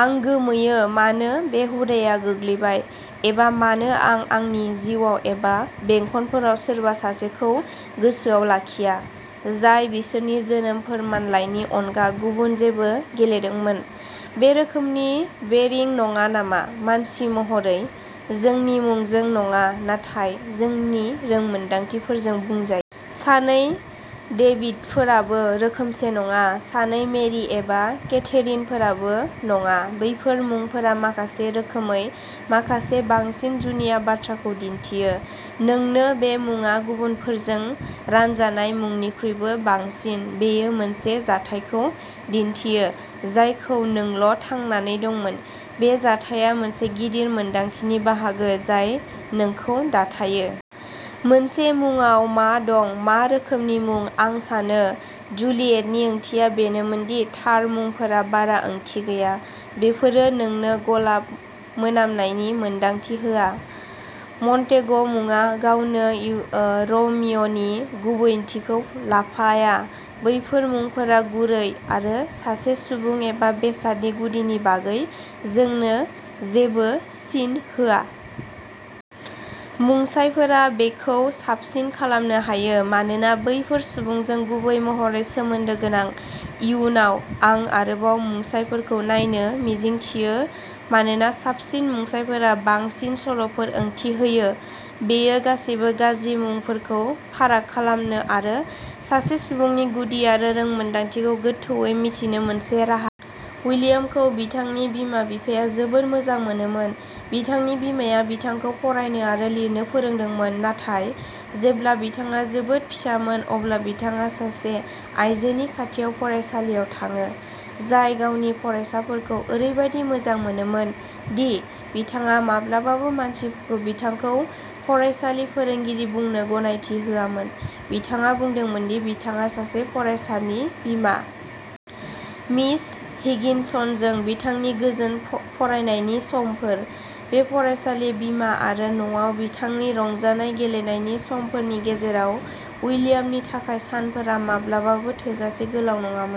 आं गोमोयो मानो बे हुदाआ गोग्लैबाय, एबा मानो आं आंनि जिउआव एबा बेंखनफोराव सोरबा सासेखौ गोसोआव लाखिया, जाय बिसोरनि जोनोम फोरमानलाइनि अनगा गुबुन जेबो गेलेदोंमोन। बे रोखोमनि बोरिं नङा नामा? मानसि महरै, जोंनि मुंजों नङा, नाथाय जोंनि रोंमोनदांथिफोरजों बुंजायो। सानै डेभिडफोराबो रोखोमसे नङा। सानै मेरि एबा केथेरिनफोरबो नङा। बैफोर मुंफोरा माखासे रोखोमै, माखासे बांसिन जुनिया बाथ्राखौ दिन्थियो। नोंनो बे मुङा गुबुनफोरजों रानजानाय मुंनिख्रुइबो बांसिन। बेयो मोनसे जाथायखौ दिन्थियो जायखौ नोंल'थांनानै दंमोन। बे जाथायआ मोनसे गिदिर मोनदांथिनि बाहागो जाय नोंखौ दाथायो। मोनसे मुंआव मा दं? मा रोखोमनि मुं? आं सानो जुलियेटनि ओंथिया बेनोमोन दि थार मुंफोरा बारा ओंथि गैया। बेफोरो नोंनो गलाब मोनामनायनि मोनदांथि होआ। मन्टेग'मुङा गावनो र'मिय'नि गुबैथिखौ लाफाया। बैफोर मुंफोरा गुरै आरो सासे सुबुं एबा बेसादनि गुदिनि बागै जोंखौ जेबो सिन होआ। मुंसायफोरा बेखौ साबसिन खालामनो हायो मानोना बेफोर सुबुंजों गुबै महरै सोमोन्दो गोनां। इयुनाव, आं आरोबाव मुंसायफोरखौ नायनो मिजिंथियो मानोना बांसिन मुंसायफोरा बांसिन सल'फोर ओंथि होयो। बेयो गासैबो गाज्रि मुंफोरखौ फाराग खालामनो आरो सासे सुबुंनि गुदि आरो रोंमोनदांथिखौ गोथौवै मिथिनो मोनसे राहा।. विलियमखौ बिथांनि बिमा-बिफाया जोबोद मोजां मोनोमोन। बिथांनि बिमाया बिथांखौ फरायनो आरो लिरनो फोरोंदोंमोन, नाथाय जेब्ला बिथाङा जोबोद फिसामोन अब्ला बिथाङा सासे आइजोनि खाथियाव फरायसालियाव थाङो, जाय गावनि फरायसाफोरखौ ओरैबादि मोजां मोनोमोन दि बिथाङा माब्लाबाबो मानसिफोरखौ बिथांखौ फरायसालि-फोरोंगिरि बुंनो गनायथि होआमोन-- बिथाङा बुंदोंमोन दि बिथाङा सासे फरायसालि-बिमा। मिस हिगिनसनजों बिथांनि गोजोन फरायनायनि समफोर, बे फरायसालि-बिमा, आरो न'आव बिथांनि रंजानाय गेलेनायनि समफोरनि गेजेराव, उइलियामनि थाखाय सानफोरा माब्लाबाबो थोजासे गोलाव नङामोन।